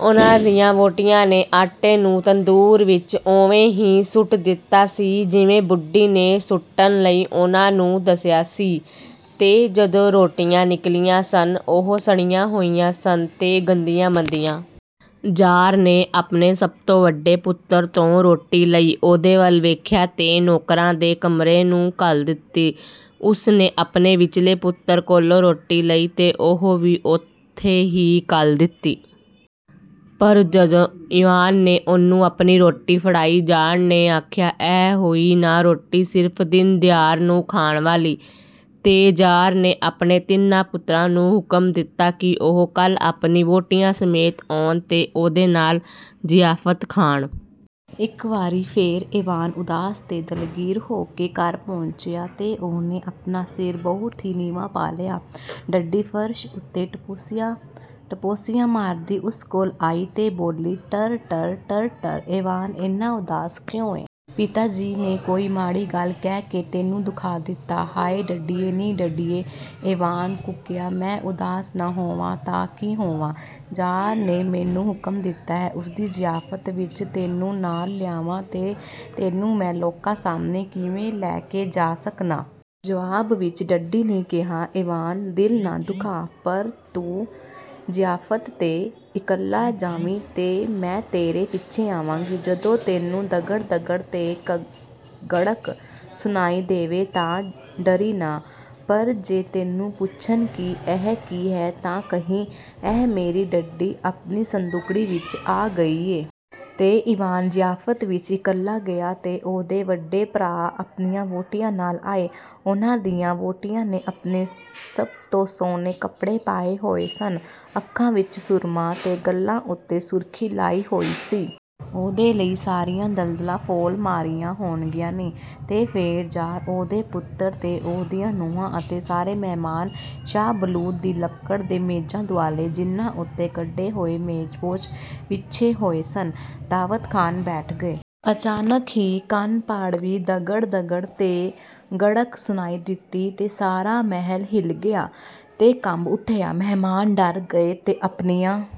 ਉਹਨਾਂ ਦੀਆਂ ਵਹੁਟੀਆਂ ਨੇ ਆਟੇ ਨੂੰ ਤੰਦੂਰ ਵਿੱਚ ਉਵੇਂ ਹੀ ਸੁੱਟ ਦਿੱਤਾ ਸੀ, ਜਿਵੇਂ ਬੁੱਢੀ ਨੇ ਸੁੱਟਣ ਲਈ ਉਹਨਾਂ ਨੂੰ ਦੱਸਿਆ ਸੀ, ਤੇ ਜਦੋਂ ਰੋਟੀਆਂ ਨਿਕਲੀਆਂ ਸਨ, ਉਹ ਸੜੀਆਂ ਹੋਈਆਂ ਸਨ ਤੇ ਗੰਦੀਆਂ-ਮੰਦੀਆਂ। ਜ਼ਾਰ ਨੇ ਆਪਣੇ ਸਭ ਤੋਂ ਵੱਡੇ ਪੁੱਤਰ ਤੋਂ ਰੋਟੀ ਲਈ, ਉਹਦੇ ਵੱਲ ਵੇਖਿਆ ਤੇ ਨੌਕਰਾਂ ਦੇ ਕਮਰੇ ਨੂੰ ਘੱਲ ਦਿੱਤੀ। ਉਸ ਨੇ ਆਪਣੇ ਵਿਚਲੇ ਪੁੱਤਰ ਕੋਲੋਂ ਰੋਟੀ ਲਈ ਤੇ ਉਹ ਵੀ ਓਥੇ ਹੀ ਘੱਲ ਦਿੱਤੀ। ਪਰ ਜਦੋਂ ਈਵਾਨ ਨੇ ਉਹਨੂੰ ਆਪਣੀ ਰੋਟੀ ਫੜਾਈ, ਜ਼ਾਰ ਨੇ ਆਖਿਆ, "ਇਹ ਹੋਈ ਨਾ ਰੋਟੀ ਸਿਰਫ਼ ਦਿਨ-ਦਿਹਾਰ ਨੂੰ ਖਾਣ ਵਾਲੀ।"ਤੇ ਜ਼ਾਰ ਨੇ ਆਪਣੇ ਤਿੰਨਾਂ ਪੁੱਤਰਾਂ ਨੂੰ ਹੁਕਮ ਦਿੱਤਾ ਕਿ ਉਹ ਕੱਲ੍ਹ ਆਪਣੀਆਂ ਵਹੁਟੀਆਂ ਸਮੇਤ ਆਉਣ ਤੇ ਉਹਦੇ ਨਾਲ ਜ਼ਿਆਫ਼ਤ ਖਾਣ। ਇੱਕ ਵਾਰੀ ਫੇਰ ਈਵਾਨ ਉਦਾਸ ਤੇ ਦਿਲਗੀਰ ਹੋ ਕੇ ਘਰ ਪਹੁੰਚਿਆ ਤੇ ਉਹਨੇ ਆਪਣਾ ਸਿਰ ਬਹੁਤ ਹੀ ਨੀਵਾਂ ਪਾ ਲਿਆ। ਡੱਡੀ ਫ਼ਰਸ਼ ਉੱਤੇ ਟਪੋਸੀਆਂ, ਟਪੋਸੀਆਂ ਮਾਰਦੀ ਉਸ ਕੋਲ ਆਈ ਤੇ ਬੋਲੀ, "ਟਰ-ਟਰ, ਟਰ-ਟਰ, ਈਵਾਨ, ਏਨਾ ਉਦਾਸ ਕਿਉਂ ਏ? ਪਿਤਾ ਜੀ ਨੇ ਕੋਈ ਮਾੜੀ ਗੱਲ ਕਹਿ ਕੇ ਤੈਨੂੰ ਦੁਖਾ ਦਿੱਤਾ।""ਹਾਇ, ਡੱਡੀਏ, ਨੀ ਡੱਡੀਏ," ਈਵਾਨ ਕੂਕਿਆ। "ਮੈਂ ਉਦਾਸ ਨਾ ਹੋਵਾਂ ਤਾਂ ਕੀ ਹੋਵਾਂ? ਜ਼ਾਰ ਨੇ ਮੈਨੂੰ ਹੁਕਮ ਦਿੱਤਾ ਹੈ, ਉਸਦੀ ਜ਼ਿਆਫ਼ਤ ਵਿੱਚ ਤੈਨੂੰ ਨਾਲ ਲਿਆਵਾਂ ਤੇ ਤੈਨੂੰ ਮੈਂ ਲੋਕਾਂ ਸਾਹਮਣੇ ਕਿਵੇਂ ਲੈ ਕੇ ਜਾ ਸਕਨਾਂ।" ਜਵਾਬ ਵਿੱਚ ਡੱਡੀ ਨੇ ਕਿਹਾ, "ਈਵਾਨ, ਦਿਲ ਨਾ ਦੁਖਾ, ਪਰ ਤੂੰ ਜ਼ਿਆਫ਼ਤ 'ਤੇ ਇਕੱਲਾ ਜਾਵੀਂ ਤੇ ਮੈਂ ਤੇਰੇ ਪਿੱਛੇ ਆਵਾਂਗੀ। ਜਦੋਂ ਤੈਨੂੰ ਦਗੜ-ਦਗੜ ਤੇ ਗੜਕ ਸੁਣਾਈ ਦੇਵੇ, ਤਾਂ ਡਰੀਂ ਨਾ, ਪਰ ਜੇ ਤੈਨੂੰ ਪੁੱਛਣ ਕਿ ਇਹ ਕੀ ਹੈ, ਤਾਂ ਕਹੀਂ, ਇਹ ਮੇਰੀ ਡੱਡੀ ਆਪਣੀ ਸੰਦੂਕੜੀ ਵਿੱਚ ਆ ਰਹੀ ਏ।' ਤੇ ਈਵਾਨ ਜ਼ਿਆਫ਼ਤ ਵਿੱਚ ਇਕੱਲਾ ਗਿਆ ਤੇ ਉਹਦੇ ਵੱਡੇ ਭਰਾ ਆਪਣੀਆਂ ਵਹੁਟੀਆਂ ਨਾਲ ਆਏ। ਉਹਨਾਂ ਦੀਆਂ ਵਹੁਟੀਆਂ ਨੇ ਆਪਣੇ ਸਭ ਤੋਂ ਸੁਹਣੇ ਕੱਪੜੇ ਪਾਏ ਹੋਏ ਸਨ, ਅੱਖਾਂ ਵਿੱਚ ਸੁਰਮਾ ਤੇ ਗੱਲ੍ਹਾਂ ਉੱਤੇ ਸੁਰਖ਼ੀ ਲਾਈ ਹੋਈ ਸੀ। ਉਹਦੇ ਲਈ ਸਾਰੀਆਂ ਦਲਦਲਾਂ ਫੋਲ ਮਾਰੀਆਂ ਹੋਣਗੀਆਂ ਨੀ।" ਤੇ ਫੇਰ ਜ਼ਾਰ, ਉਹਦੇ ਪੁੱਤਰ ਤੇ ਉਹਦੀਆਂ ਨੂੰਹਾਂ ਅਤੇ ਸਾਰੇ ਮਹਿਮਾਨ ਸ਼ਾਹ ਬਲੂਤ ਦੀ ਲੱਕੜ ਦੇ ਮੇਜ਼ਾਂ ਦੁਆਲੇ, ਜਿਨ੍ਹਾਂ ਉੱਤੇ ਕੱਢੇ ਹੋਏ ਮੇਜ਼ਪੋਸ਼ ਵਿਛੇ ਹੋਏ ਸਨ, ਦਾਅਵਤ ਖਾਣ ਬੈਠ ਗਏ। ਅਚਾਨਕ ਹੀ ਕੰਨ-ਪਾੜਵੀਂ ਦਗੜ-ਦਗੜ ਤੇ ਗੜਕ ਸੁਣਾਈ ਦਿੱਤੀ, ਤੇ ਸਾਰਾ ਮਹਿਲ ਹਿੱਲ ਗਿਆ ਤੇ ਕੰਬ ਉਠਿਆ। ਮਹਿਮਾਨ ਡਰ ਗਏ ਤੇ ਆਪਣੀਆਂ